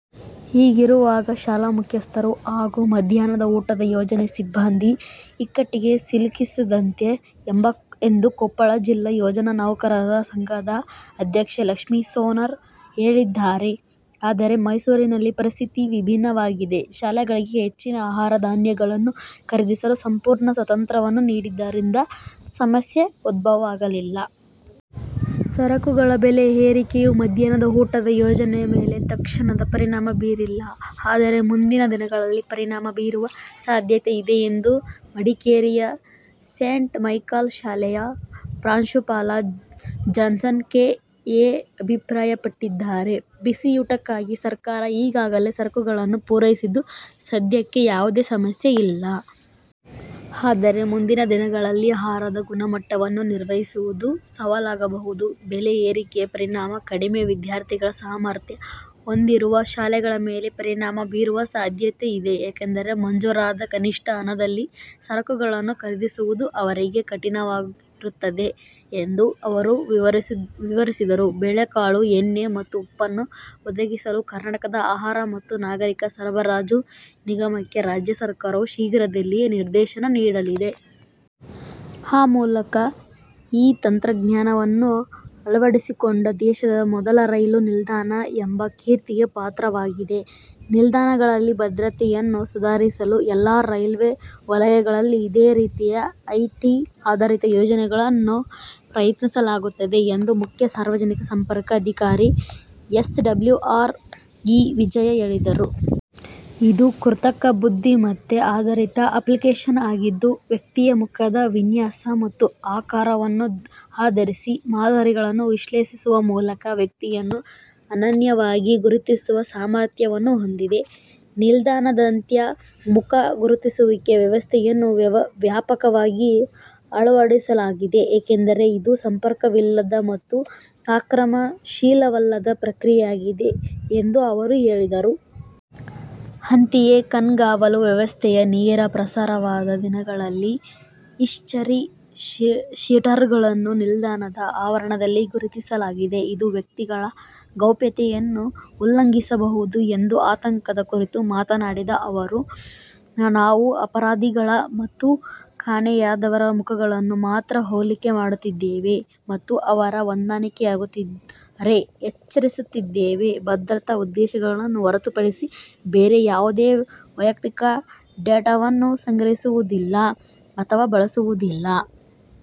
ಹೀಗಿರುವಾಗ, ಶಾಲಾ ಮುಖ್ಯಸ್ಥರು ಹಾಗೂ ಮಧ್ಯಾಹ್ನದ ಊಟದ ಯೋಜನೆ ಸಿಬ್ಬಂದಿ ಇಕ್ಕಟ್ಟಿಗೆ ಸಿಲುಕಿಸಿದಂತಿದೆ ಎಂದು ಕೊಪ್ಪಳ ಜಿಲ್ಲಾ ಯೋಜನಾ ನೌಕರರ ಸಂಘದ ಅಧ್ಯಕ್ಷೆ ಲಕ್ಷ್ಮೀ ಸೋನಾರ್ ಹೇಳಿದ್ದಾರೆ. ಆದರೆ ಮೈಸೂರಿನಲ್ಲಿ ಪರಿಸ್ಥಿತಿ ವಿಭಿನ್ನವಾಗಿದೆ. ಶಾಲೆಗಳಿಗೆ ಹೆಚ್ಚಿನ ಆಹಾರ ಧಾನ್ಯಗಳನ್ನು ಖರೀದಿಸಲು ಸಂಪೂರ್ಣ ಸ್ವಾತಂತ್ರ್ಯವನ್ನು ನೀಡಿದ್ದರಿಂದ ಸಮಸ್ಯೆ ಉದ್ಭವವಾಗಿಲ್ಲ. ಸರಕುಗಳ ಬೆಲೆ ಏರಿಕೆಯು ಮಧ್ಯಾಹ್ನದ ಊಟದ ಯೋಜನೆ ಮೇಲೆ ತಕ್ಷಣದ ಪರಿಣಾಮ ಬೀರಿಲ್ಲ, ಆದರೆ ಮುಂದಿನ ದಿನಗಳಲ್ಲಿ ಪರಿಣಾಮ ಬೀರುವ ಸಾಧ್ಯತೆಯಿದೆ ಎಂದು ಮಡಿಕೇರಿಯ ಸೇಂಟ್ ಮೈಕಲ್ ಶಾಲೆಯ ಪ್ರಾಂಶುಪಾಲ ಜಾನ್ಸನ್ ಕೆ. ಎ ಅಭಿಪ್ರಾಯಪಟ್ಟಿದ್ದಾರೆ. ಬಿಸಿಯೂಟಕ್ಕಾಗಿ ಸರ್ಕಾರ ಈಗಾಗಲೇ ಸರಕುಗಳನ್ನು ಪೂರೈಸಿದ್ದು, ಸದ್ಯಕ್ಕೆ ಯಾವುದೇ ಸಮಸ್ಯೆ ಇಲ್ಲ. ಆದರೆ ಮುಂದಿನ ದಿನಗಳಲ್ಲಿ ಆಹಾರದ ಗುಣಮಟ್ಟವನ್ನು ನಿರ್ವಹಿಸುವುದು ಸವಾಲಾಗಬಹುದು. ಬೆಲೆ ಏರಿಕೆಯ ಪರಿಣಾಮ ಕಡಿಮೆ ವಿದ್ಯಾರ್ಥಿಗಳ ಸಾಮರ್ಥ್ಯ ಹೊಂದಿರುವ ಶಾಲೆಗಳ ಮೇಲೆ ಪರಿಣಾಮ ಬೀರುವ ಸಾಧ್ಯತೆಯಿದೆ. ಏಕೆಂದರೆ ಮಂಜೂರಾದ ಕನಿಷ್ಠ ಹಣದಲ್ಲಿ ಸರಕುಗಳನ್ನು ಖರೀದಿಸುವುದು ಅವರಿಗೆ ಕಠಿಣವಾಗಿರುತ್ತದೆ ಎಂದು ಅವರು ವಿವರಿಸಿದರು. ಬೇಳೆಕಾಳು, ಎಣ್ಣೆ ಮತ್ತು ಉಪ್ಪನ್ನು ಒದಗಿಸಲು ಕರ್ನಾಟಕ ಆಹಾರ ಮತ್ತು ನಾಗರಿಕ ಸರಬರಾಜು ನಿಗಮಕ್ಕೆ ರಾಜ್ಯ ಸರ್ಕಾರವು ಶೀಘ್ರದಲ್ಲೇ ನಿರ್ದೇಶನ ನೀಡಲಿದೆ. ಆ ಮೂಲಕ ಈ ತಂತ್ರಜ್ಞಾನವನ್ನು ಅಳವಡಿಸಿಕೊಂಡ ದೇಶದ ಮೊದಲ ರೈಲು ನಿಲ್ದಾಣ ಎಂಬ ಕೀರ್ತಿಗೆ ಪಾತ್ರವಾಗಿದೆ. ನಿಲ್ದಾಣಗಳಲ್ಲಿ ಭದ್ರತೆಯನ್ನು ಸುಧಾರಿಸಲು ಎಲ್ಲಾ ರೈಲ್ವೆ ವಲಯಗಳಲ್ಲಿ ಇದೇ ರೀತಿಯ ಐಟಿ ಆಧಾರಿತ ಯೋಜನೆಗಳನ್ನು ಪ್ರಯತ್ನಿಸಲಾಗುತ್ತಿದೆ ಎಂದು ಮುಖ್ಯ ಸಾರ್ವಜನಿಕ ಸಂಪರ್ಕ ಅಧಿಕಾರಿ, ಎಸ್ಡಬ್ಲ್ಯುಆರ್, ಇ ವಿಜಯ ಹೇಳಿದರು. 'ಇದು ಕೃತಕ ಬುದ್ಧಿಮತ್ತೆ ಆಧಾರಿತ ಅಪ್ಲಿಕೇಶನ್ ಆಗಿದ್ದು, ವ್ಯಕ್ತಿಯ ಮುಖದ ವಿನ್ಯಾಸ ಮತ್ತು ಆಕಾರವನ್ನು ಆಧರಿಸಿ ಮಾದರಿಗಳನ್ನು ವಿಶ್ಲೇಷಿಸುವ ಮೂಲಕ ವ್ಯಕ್ತಿಯನ್ನು ಅನನ್ಯವಾಗಿ ಗುರುತಿಸುವ ಸಾಮರ್ಥ್ಯವನ್ನು ಹೊಂದಿದೆ. ನಿಲ್ದಾಣದಾದ್ಯಂತ ಮುಖ ಗುರುತಿಸುವಿಕೆ ವ್ಯವಸ್ಥೆಯನ್ನು ವ್ಯಾಪಕವಾಗಿ ಅಳವಡಿಸಲಾಗಿದೆ. ಏಕೆಂದರೆ ಇದು ಸಂಪರ್ಕವಿಲ್ಲದ ಮತ್ತು ಆಕ್ರಮಣಶೀಲವಲ್ಲದ ಪ್ರಕ್ರಿಯೆಯಾಗಿದೆ ಎಂದು ಅವರು ಹೇಳಿದರು. ಅಂತೆಯೇ ಕಣ್ಗಾವಲು ವ್ಯವಸ್ಥೆಯು ನೇರ ಪ್ರಸಾರವಾದ ದಿನಗಳಲ್ಲಿ, ಹಿಸ್ಚರಿ-ಶೀಟರ್ಗಳನ್ನು ನಿಲ್ದಾಣದ ಆವರಣದಲ್ಲಿ ಗುರುತಿಸಲಾಗಿದೆ. ಇದು ವ್ಯಕ್ತಿಗಳ ಗೌಪ್ಯತೆಯನ್ನು ಉಲ್ಲಂಘಿಸಬಹುದು ಎಂಬ ಆತಂಕದ ಕುರಿತು ಮಾತನಾಡಿದ ಅವರು, 'ನಾವು ಅಪರಾಧಿಗಳ ಮತ್ತು ಕಾಣೆಯಾದವರ ಮುಖಗಳನ್ನು ಮಾತ್ರ ಹೋಲಿಕೆ ಮಾಡುತ್ತಿದ್ದೇವೆ ಮತ್ತು ಅವರ ಹೊಂದಾಣಿಕೆಯಾಗುತ್ತಿದ್ದರೆ ಎಚ್ಚರಿಸುತ್ತಿದ್ದೇವೆ. ಭದ್ರತಾ ಉದ್ದೇಶಗಳನ್ನು ಹೊರತುಪಡಿಸಿ ಬೇರೆ ಯಾವುದೇ ವೈಯಕ್ತಿಕ ಡೇಟಾವನ್ನು ಸಂಗ್ರಹಿಸುವುದಿಲ್ಲ ಅಥವಾ ಬಳಸಲಾಗುವುದಿಲ್ಲ.